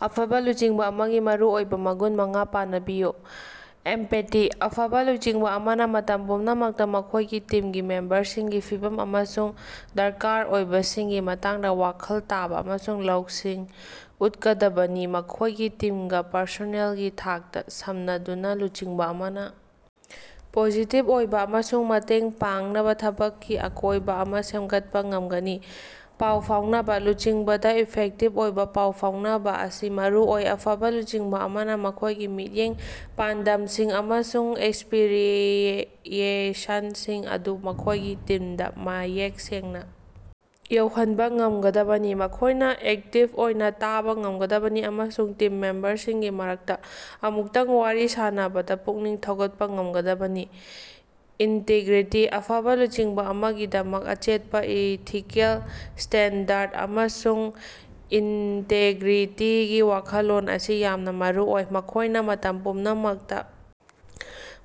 ꯑꯐꯕ ꯂꯨꯆꯤꯡꯕ ꯑꯃꯒꯤ ꯃꯔꯨꯑꯣꯏꯕ ꯃꯒꯨꯟ ꯃꯉꯥ ꯄꯅꯕꯤꯌꯨ꯫ ꯑꯦꯝꯄꯊꯤ: ꯑꯐꯕ ꯂꯨꯆꯤꯡꯕ ꯑꯃꯅ ꯃꯇꯝ ꯄꯨꯝꯅꯃꯛꯇ ꯃꯈꯣꯏꯒꯤ ꯇꯤꯝꯒꯤ ꯃꯦꯝꯕꯔꯁꯤꯡꯒꯤ ꯐꯤꯚꯝ ꯑꯃꯁꯨꯡ ꯗꯔꯀꯥꯔ ꯑꯣꯏꯕꯁꯤꯡꯒꯤ ꯃꯇꯥꯡꯗ ꯋꯥꯈꯜ ꯇꯥꯕ ꯑꯃꯁꯨꯡ ꯂꯧꯁꯤꯡ ꯎꯠꯀꯗꯕꯅꯤ꯫ ꯃꯈꯣꯏꯒꯤ ꯇꯤꯝꯒ ꯄꯔꯁꯣꯅꯦꯜꯒꯤ ꯊꯥꯛꯇ ꯁꯝꯅꯗꯨꯅ ꯂꯨꯆꯤꯡꯕ ꯑꯃꯅ ꯄꯣꯖꯤꯇꯤꯚ ꯑꯣꯏꯕ ꯑꯃꯁꯨꯡ ꯃꯇꯦꯡ ꯄꯥꯡꯅꯕ ꯊꯕꯛꯀꯤ ꯑꯀꯣꯏꯕ ꯑꯃ ꯁꯦꯝꯒꯠꯄ ꯉꯝꯒꯅꯤ꯫ ꯄꯥꯎ ꯐꯥꯎꯅꯕ: ꯂꯨꯆꯤꯡꯕꯗ ꯏꯐꯦꯛꯇꯤꯚ ꯑꯣꯏꯕ ꯄꯥꯎ ꯐꯥꯎꯅꯕ ꯑꯁꯤ ꯃꯔꯨ ꯑꯣꯏ꯫ ꯑꯐꯕ ꯂꯨꯆꯤꯡꯕ ꯑꯃꯅ ꯃꯈꯣꯏꯒꯤ ꯃꯤꯠꯌꯦꯡ, ꯄꯥꯟꯗꯝꯁꯤꯡ ꯑꯃꯁꯨꯡ ꯑꯦꯁꯄꯤꯔꯦꯁꯟꯁꯤꯡ ꯑꯗꯨ ꯃꯈꯣꯏꯒꯤ ꯇꯤꯝꯗ ꯃꯌꯦꯛ ꯁꯦꯡꯅ ꯌꯧꯍꯟꯕ ꯉꯝꯒꯗꯕꯅꯤ꯫ ꯃꯈꯣꯏꯅ ꯑꯦꯛꯇꯤꯚ ꯑꯣꯏꯅ ꯇꯥꯕ ꯉꯝꯒꯗꯕꯅꯤ ꯑꯃꯁꯨꯡ ꯇꯤꯝ ꯃꯦꯝꯕꯔꯁꯤꯡꯒꯤ ꯃꯔꯛꯇ ꯑꯃꯨꯛꯇꯪ ꯋꯥꯔꯤ ꯁꯥꯅꯕꯗ ꯄꯨꯛꯅꯤꯡ ꯊꯧꯒꯠꯄ ꯉꯝꯒꯗꯕꯅꯤ꯫ ꯏꯟꯇꯦꯒ꯭ꯔꯤꯇꯤ: ꯑꯐꯕ ꯂꯨꯆꯤꯡꯕ ꯑꯃꯒꯤꯗꯃꯛ ꯑꯆꯦꯠꯄ ꯏꯊꯤꯀꯦꯜ ꯁ꯭ꯇꯦꯟꯗꯔꯗ ꯑꯃꯁꯨꯡ ꯏꯟꯇꯦꯒ꯭ꯔꯤꯇꯤꯒꯤ ꯋꯥꯈꯜꯂꯣꯟ ꯑꯁꯤ ꯌꯥꯝꯅ ꯃꯔꯨꯑꯣꯏ꯫ ꯃꯈꯣꯏꯅ ꯃꯇꯝ ꯄꯨꯝꯅꯃꯛꯇ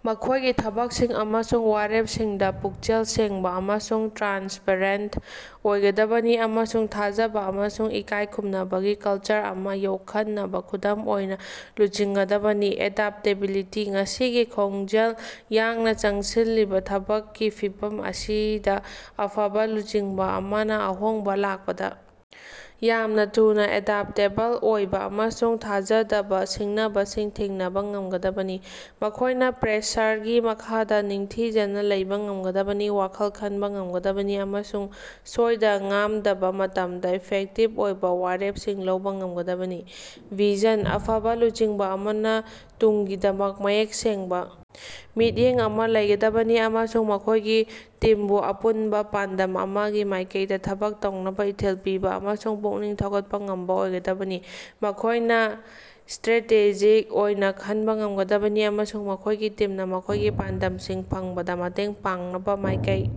ꯃꯈꯣꯏꯒꯤ ꯊꯕꯛꯁꯤꯡ ꯑꯃꯁꯨꯡ ꯋꯥꯔꯦꯞꯁꯤꯡꯗ ꯄꯨꯛꯆꯦꯜ ꯁꯦꯡꯕ ꯑꯃꯁꯨꯡ ꯇ꯭ꯔꯥꯟꯁꯄꯦꯔꯦꯟꯇ ꯑꯣꯏꯒꯗꯕꯅꯤ ꯑꯃꯁꯨꯡ ꯊꯥꯖꯕ ꯑꯃꯁꯨꯡ ꯏꯀꯥꯏ ꯈꯨꯝꯅꯕꯒꯤ ꯀꯜꯆꯔ ꯑꯃ ꯌꯣꯛꯈꯠꯅꯕ ꯈꯨꯗꯝ ꯑꯣꯏꯅ ꯂꯨꯆꯤꯡꯒꯗꯕꯅꯤ꯫ ꯑꯦꯗꯥꯞꯇꯦꯕꯤꯂꯤꯇꯤ: ꯉꯁꯤꯒꯤ ꯈꯣꯡꯖꯦꯜ ꯌꯥꯡꯅ ꯆꯪꯁꯤꯜꯂꯤꯕ ꯊꯕꯛꯀꯤ ꯐꯤꯚꯝ ꯑꯁꯤꯗ ꯑꯐꯕ ꯂꯨꯆꯤꯡꯕ ꯑꯃꯅ ꯑꯍꯣꯡꯕ ꯂꯥꯛꯄꯗ ꯌꯥꯝꯅ ꯊꯨꯅ ꯑꯦꯗꯥꯞꯇꯦꯕꯜ ꯑꯣꯏꯕ ꯑꯃꯁꯨꯡ ꯊꯥꯖꯗꯕ ꯁꯤꯡꯅꯕꯁꯤꯡ ꯊꯦꯡꯅꯕ ꯉꯝꯒꯗꯕꯅꯤ꯫ ꯃꯈꯣꯏꯅ ꯄ꯭ꯔꯦꯁꯔꯒꯤ ꯃꯈꯥꯗ ꯅꯤꯡꯊꯤꯖꯅ ꯂꯩꯕ ꯉꯝꯒꯗꯕꯅꯤ꯫ ꯋꯥꯈꯜ ꯈꯟꯕ ꯉꯝꯒꯗꯕꯅꯤ ꯑꯃꯁꯨꯡ ꯁꯣꯏꯗ-ꯉꯥꯝꯗꯕ ꯃꯇꯝꯗ ꯏꯐꯦꯛꯇꯤꯚ ꯑꯣꯏꯕ ꯋꯥꯔꯦꯞꯁꯤꯡ ꯂꯧꯕ ꯉꯝꯒꯗꯕꯅꯤ꯫ ꯚꯤꯖꯟ: ꯑꯐꯕ ꯂꯨꯆꯤꯡꯕ ꯑꯃꯅ ꯇꯨꯡꯒꯤꯗꯃꯛ ꯃꯌꯦꯛ ꯁꯦꯡꯕ ꯃꯤꯠꯌꯦꯡ ꯑꯃꯥ ꯂꯩꯒꯗꯕꯅꯤ ꯑꯃꯁꯨꯡ ꯃꯈꯣꯏꯒꯤ ꯇꯤꯝꯕꯨ ꯑꯄꯨꯟꯕ ꯄꯥꯟꯗꯝ ꯑꯃꯒꯤ ꯃꯥꯏꯀꯩꯗ ꯊꯕꯛ ꯇꯧꯅꯕ ꯏꯊꯤꯜ ꯄꯤꯕ ꯑꯃꯁꯨꯡ ꯄꯨꯛꯅꯤꯡ ꯊꯧꯒꯠꯄ ꯉꯝꯕ ꯑꯣꯏꯒꯗꯕꯅꯤ꯫ ꯃꯈꯣꯏꯅ ꯁ꯭ꯇꯔꯦꯇꯦꯖꯤꯛ ꯑꯣꯏꯅ ꯈꯟꯕ ꯉꯝꯒꯗꯕꯅꯤ ꯑꯃꯁꯨꯡ ꯃꯈꯣꯏꯒꯤ ꯇꯤꯝꯅ ꯃꯈꯣꯏꯒꯤ ꯄꯥꯟꯗꯝꯁꯤꯡ ꯐꯪꯕꯗ ꯃꯇꯦꯡ ꯄꯥꯡꯅꯕ ꯃꯥꯏꯀꯩ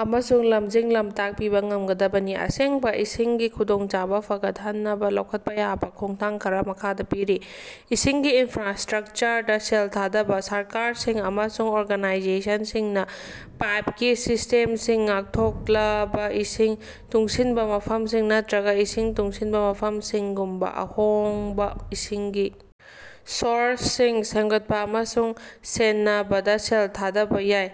ꯑꯃꯁꯨꯡ ꯂꯝꯖꯤꯡ-ꯂꯝꯇꯥꯛ ꯄꯤꯕ ꯉꯝꯒꯗꯕꯅꯤ꯫ ꯑꯁꯦꯡꯕ ꯏꯁꯤꯡꯒꯤ ꯈꯨꯗꯣꯡꯆꯥꯕ ꯐꯒꯠꯍꯟꯅꯕ ꯂꯧꯈꯠꯄ ꯌꯥꯕ ꯈꯣꯡꯊꯥꯡ ꯈꯔꯥ ꯃꯈꯥꯗ ꯄꯤꯔꯤ:- ꯏꯁꯤꯡꯒꯤ ꯏꯟꯐ꯭ꯔꯥꯁꯇ꯭ꯔꯛꯆꯔꯗ ꯁꯦꯜ ꯊꯥꯗꯕ: ꯁꯔꯀꯥꯔꯁꯤꯡ ꯑꯃꯁꯨꯡ ꯑꯣꯔꯒꯅꯥꯏꯖꯦꯁꯟꯁꯤꯡꯅ ꯄꯥꯏꯞꯀꯤ ꯁꯤꯁ꯭ꯇꯦꯝꯁꯤꯡ, ꯉꯥꯛꯊꯣꯛꯂꯕ ꯏꯁꯤꯡ, ꯇꯨꯡꯁꯤꯟꯕ ꯃꯐꯝꯁꯤꯡ ꯅꯠꯇ꯭ꯔꯒ ꯏꯁꯤꯡ ꯇꯨꯡꯁꯤꯟꯕ ꯃꯐꯝꯁꯤꯡꯒꯨꯝꯕ ,ꯑꯍꯣꯡꯕ ꯏꯁꯤꯡꯒꯤ ꯁꯣꯔꯁꯁꯤꯡ ꯁꯦꯝꯒꯠꯄ ꯑꯃꯁꯨꯡ ꯁꯦꯟꯅꯕꯗ ꯁꯦꯜ ꯊꯥꯗꯕ ꯌꯥꯏ꯫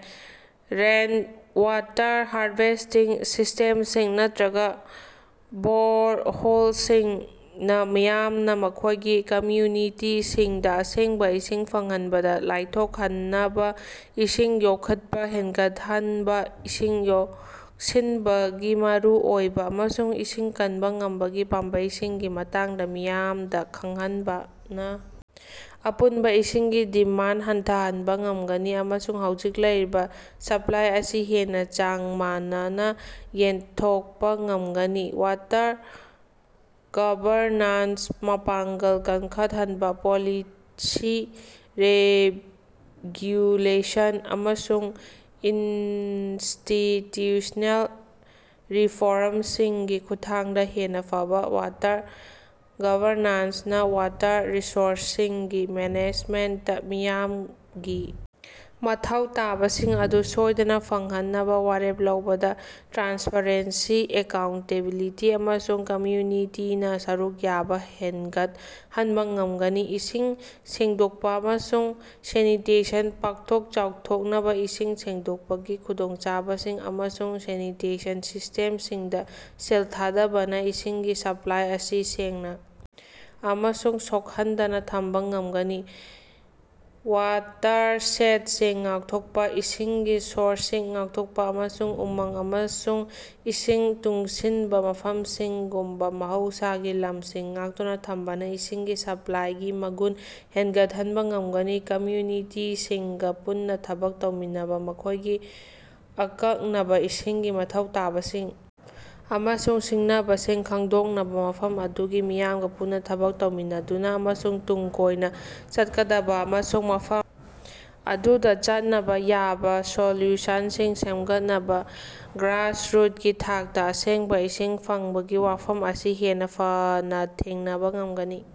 ꯔꯦꯟꯋꯥꯇꯔ ꯍꯥꯔꯚꯦꯁ꯭ꯇꯤꯡ ꯁꯤꯁ꯭ꯇꯦꯝꯁꯤꯡ ꯅꯠꯇ꯭ꯔꯒ ꯕꯣꯔꯍꯣꯜꯁꯤꯡꯅ ꯃꯤꯌꯥꯝꯅ ꯃꯈꯣꯏꯒꯤ ꯀꯝꯃ꯭ꯌꯨꯅꯤꯇꯤꯁꯤꯡꯗ ꯑꯁꯦꯡꯕ ꯏꯁꯤꯡ ꯐꯪꯍꯟꯕꯗ ꯂꯥꯏꯊꯣꯛꯍꯟꯅꯕ ꯏꯁꯤꯡ ꯌꯣꯛꯈꯠꯄ ꯍꯦꯟꯒꯠꯍꯟꯕ: ꯏꯁꯤꯡ ꯌꯣꯛꯁꯤꯟꯕꯒꯤ ꯃꯔꯨꯑꯣꯏꯕ ꯑꯃꯁꯨꯡ ꯏꯁꯤꯡ ꯀꯟꯕ ꯉꯝꯕꯒꯤ ꯄꯥꯝꯕꯩꯁꯤꯡꯒꯤ ꯃꯇꯥꯡꯗ ꯃꯤꯌꯥꯝꯗ ꯈꯪꯍꯟꯕꯅ ꯑꯄꯨꯟꯕ ꯏꯁꯤꯡꯒꯤ ꯗꯤꯃꯥꯟꯗ ꯍꯟꯊꯍꯟꯕ ꯉꯝꯒꯅꯤ ꯑꯃꯁꯨꯡ ꯍꯧꯖꯤꯛ ꯂꯩꯔꯤꯕ ꯁꯄ꯭ꯂꯥꯏ ꯑꯁꯤ ꯍꯦꯟꯅ ꯆꯥꯡ ꯃꯥꯟꯅꯅ ꯌꯦꯟꯊꯣꯛꯄ ꯉꯝꯒꯅꯤ꯫ ꯋꯥꯇꯔ ꯒꯕꯔꯅꯥꯟꯁ ꯃꯄꯥꯡꯒꯜ ꯀꯟꯈꯠꯍꯟꯕ: ꯄꯣꯂꯤꯁꯤ, ꯔꯦꯒ꯭ꯌꯨꯂꯦꯁꯟ ꯑꯃꯁꯨꯡ ꯏꯟꯁꯇꯤꯇ꯭ꯌꯨꯁ꯭ꯅꯦꯜ ꯔꯤꯐꯣꯔꯝꯁꯤꯡꯒꯤ ꯈꯨꯠꯊꯥꯡꯗ ꯍꯦꯟꯅ ꯐꯕ ꯋꯥꯇꯔ ꯒꯕꯔꯅꯥꯟꯁꯅ ꯋꯥꯇꯔ ꯔꯤꯁꯣꯔꯁꯁꯤꯡꯒꯤ ꯃꯦꯅꯦꯖꯃꯦꯟꯇꯅ ꯃꯤꯌꯥꯝꯒꯤ ꯃꯊꯧ ꯇꯥꯕꯁꯤꯡ ꯑꯗꯨ ꯁꯣꯏꯗꯅ ꯐꯪꯍꯟꯅꯕ ꯋꯥꯔꯦꯞ ꯂꯧꯕꯗ ꯇ꯭ꯔꯥꯟꯁꯄꯔꯦꯟꯁꯤ, ꯑꯦꯀꯥꯎꯟꯇꯦꯕꯤꯂꯤꯇꯤ ꯑꯃꯁꯨꯡ ꯀꯝꯃ꯭ꯌꯨꯅꯤꯇꯤꯅ ꯁꯔꯨꯛ ꯌꯥꯕ ꯍꯦꯟꯒꯠꯍꯟꯕ ꯉꯝꯒꯅꯤ꯫ ꯏꯁꯤꯡ ꯁꯦꯡꯗꯣꯛꯄ ꯑꯃꯁꯨꯡ ꯁꯦꯅꯤꯇꯦꯁꯟ ꯄꯥꯛꯊꯣꯛ ꯆꯥꯎꯊꯣꯛꯅꯕ: ꯏꯁꯤꯡ ꯁꯦꯡꯗꯣꯛꯄꯒꯤ ꯈꯨꯗꯣꯡꯆꯥꯕꯁꯤꯡ ꯑꯃꯁꯨꯡ ꯁꯦꯅꯤꯇꯦꯁꯟ ꯁꯤꯁ꯭ꯇꯦꯝꯁꯤꯡꯗ ꯁꯦꯜ ꯊꯥꯗꯕꯅ ꯏꯁꯤꯡꯒꯤ ꯁꯄ꯭ꯂꯥꯏ ꯑꯁꯤ ꯁꯦꯡꯅ ꯑꯃꯁꯨꯡ ꯁꯣꯛꯍꯟꯗꯅ ꯊꯝꯕ ꯉꯝꯒꯅꯤ꯫ ꯋꯥꯇꯔꯁꯦꯗꯁꯤꯡ ꯉꯥꯛꯊꯣꯛꯄꯥ: ꯏꯁꯤꯡꯒꯤ ꯁꯣꯔꯁꯁꯤꯡ ꯉꯥꯛꯊꯣꯛꯄ ꯑꯃꯁꯨꯡ ꯎꯃꯪ ꯑꯃꯁꯨꯡ ꯏꯁꯤꯡ ꯇꯨꯡꯁꯤꯟꯕ ꯃꯐꯝꯁꯤꯡꯒꯨꯝꯕ ꯃꯍꯧꯁꯥꯒꯤ ꯂꯝꯁꯤꯡ ꯉꯥꯛꯇꯨꯅ ꯊꯝꯕꯅ ꯏꯁꯤꯡꯒꯤ ꯁꯄ꯭ꯂꯥꯏꯒꯤ ꯃꯒꯨꯟ ꯍꯦꯟꯒꯠꯍꯟꯕ ꯉꯝꯒꯅꯤ꯫ ꯀꯝꯃ꯭ꯌꯨꯅꯤꯇꯤꯁꯤꯡꯒ ꯄꯨꯟꯅ ꯊꯕꯛ ꯇꯧꯃꯤꯟꯅꯕ: ꯃꯈꯣꯏꯒꯤ ꯑꯀꯛꯅꯕ ꯏꯁꯤꯡꯒꯤ ꯃꯊꯧ ꯇꯥꯕꯁꯤꯡ ꯑꯃꯁꯨꯡ ꯁꯤꯡꯅꯕꯁꯤꯡ ꯈꯪꯗꯣꯛꯅꯕ ꯃꯐꯝ ꯑꯗꯨꯒꯤ ꯃꯤꯌꯥꯝꯒ ꯄꯨꯟꯅ ꯊꯕꯛ ꯇꯧꯃꯤꯟꯅꯗꯨꯅ ꯑꯃꯁꯨꯡ ꯇꯨꯡ ꯀꯣꯏꯅ ꯆꯠꯀꯗꯕ ꯑꯃꯁꯨꯡ ꯃꯐꯝ ꯑꯗꯨꯗ ꯆꯠꯅꯕ ꯌꯥꯕ ꯁꯣꯂ꯭ꯌꯨꯁꯟꯁꯤꯡ ꯁꯦꯝꯒꯠꯅꯕ, ꯒ꯭ꯔꯥꯁꯔꯨꯠꯀꯤ ꯊꯥꯛꯇ ꯑꯁꯦꯡꯕ ꯏꯁꯤꯡ ꯐꯪꯕꯒꯤ ꯋꯥꯐꯝ ꯑꯁꯤ ꯍꯦꯟꯅ ꯐꯅ ꯊꯦꯡꯅꯕ ꯉꯝꯒꯅꯤ꯫